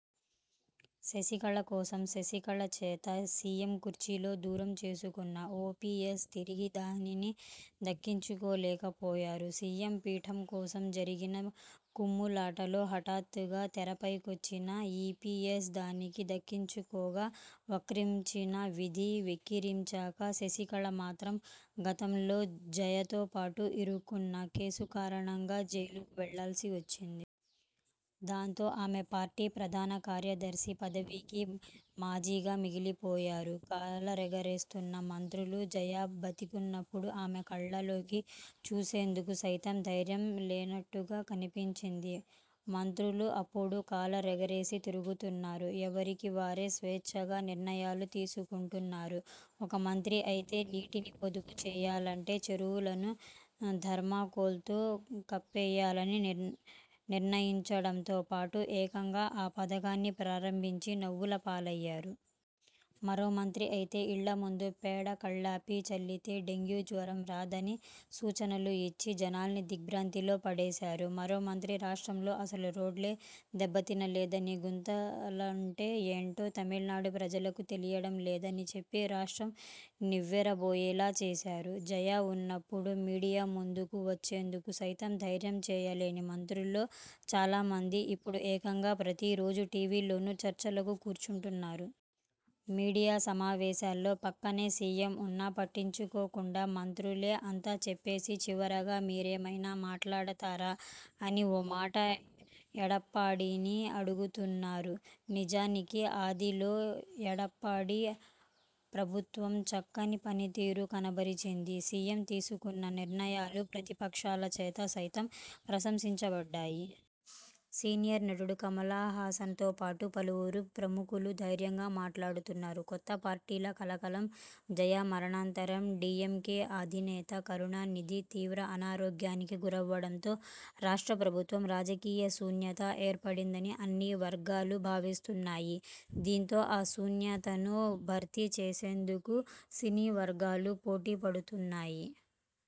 శశికళ కోసం, శశికళ చేత సీఎం కుర్చీని దూరం చేసుకున్న ఓపీఎస్ తిరిగి దానిని దక్కించుకోలేకపోయారు. సీఎం పీఠం కోసం జరిగిన కుమ్ములాటలో హఠాత్తుగా తెరపైకొచ్చిన ఈపీఎస్ దానిని దక్కించుకోగా, వక్రించిన విధి వెక్కిరించగా శశికళ మాత్రం గతంలో జయతో పాటు ఇరుక్కున కేసు కారణంగా జైలుకు వెళ్లాల్సి వచ్చింది. దాంతో ఆమె పార్టీ ప్రధాన కార్యదర్శి పదవికీ మాజీగా మిగిలిపోయారు. కాలరెగరేస్తున్న మంత్రులు జయ బతికివున్నప్పుడు ఆమె కళ్లలోకి చూసేందుకు సైతం ధైర్యం లేనట్టుగా కనిపించింది మంత్రులు ఇప్పుడు కాలరెగరేసి తిరుగుతున్నారు. ఎవరికి వారు స్వేచ్ఛగా నిర్ణయాలు తీసుకుంటు న్నారు. ఒక మంత్రి అయితే నీటిని పొదుపు చేయాలంటే చెరువులను థర్మాకోల్తో కప్పేయాలని నిర్ణయించడంతో పాటు ఏకంగా ఆ పథకాన్ని ప్రారంభించి నవ్వుల పాలయ్యారు. మరో మంత్రి అయితే ఇళ్లముందు పేడ కళ్లాపి చల్లితే డెంగ్యూ జ్వరం రాదని సూచనలు ఇచ్చి జనాల్ని దిగ్ర్భాంతిలో పడేశారు. మరో మంత్రి రాష్ట్రంలో అసలు రోడ్లే దెబ్బతినలేదని, గుంతలంటే ఏంటో తమిళనాడు ప్రజలకు తెలియడం లేదని చెప్పి రాష్ట్రం నివ్వెరపోయేలా చేశారు. జయ వున్నప్పుడు మీడియా ముందుకు వచ్చేందుకు సైతం ధైర్యం చేయలేని మంత్రుల్లో చాలామంది ఇప్పుడు ఏకంగా ప్రతిరోజూ టీవీల్లో చర్చకు కూర్చుకుంటున్నారు. మీడియా సమా వేశాల్లో పక్కనే సీఎం వున్నా పట్టించుకోకుండా మంత్రులే అంతా చెప్పేసి చివరగా 'మీరేమైనా మాట్లాడతారా? ' అని ఓ మాట ఎడప్పాడిని అడుగుతున్నారు. నిజానికి ఆదిలో ఎడప్పాడి ప్రభుత్వం చక్కని పనితీరు కనబరచింది. సీఎం తీసుకున్న నిర్ణయాలు ప్రతిపక్షాల చేత సైతం ప్రశంసించబడ్డాయి. సీనియర్ నటుడు కమలహాసన్తో పాటు పలువురు ప్రముఖులు ధైర్యంగా మాట్లాడుతున్నారు. కొత్త పార్టీల కలకలం! జయ మరణానంతరం, డీఎంకే ఆధినేత కరుణానిధి తీవ్ర అనారోగ్యానికి గురవ్వడంతో రాష్ట్రప్రభుత్వం రాజకీయ శూన్యత ఏర్పడిందని అన్ని వర్గాలు భావిస్తున్నాయి. దీంతో ఆ శూన్యతను భర్తీ చేసేందుకు సినీవర్గాలు పోటీపడుతున్నాయి.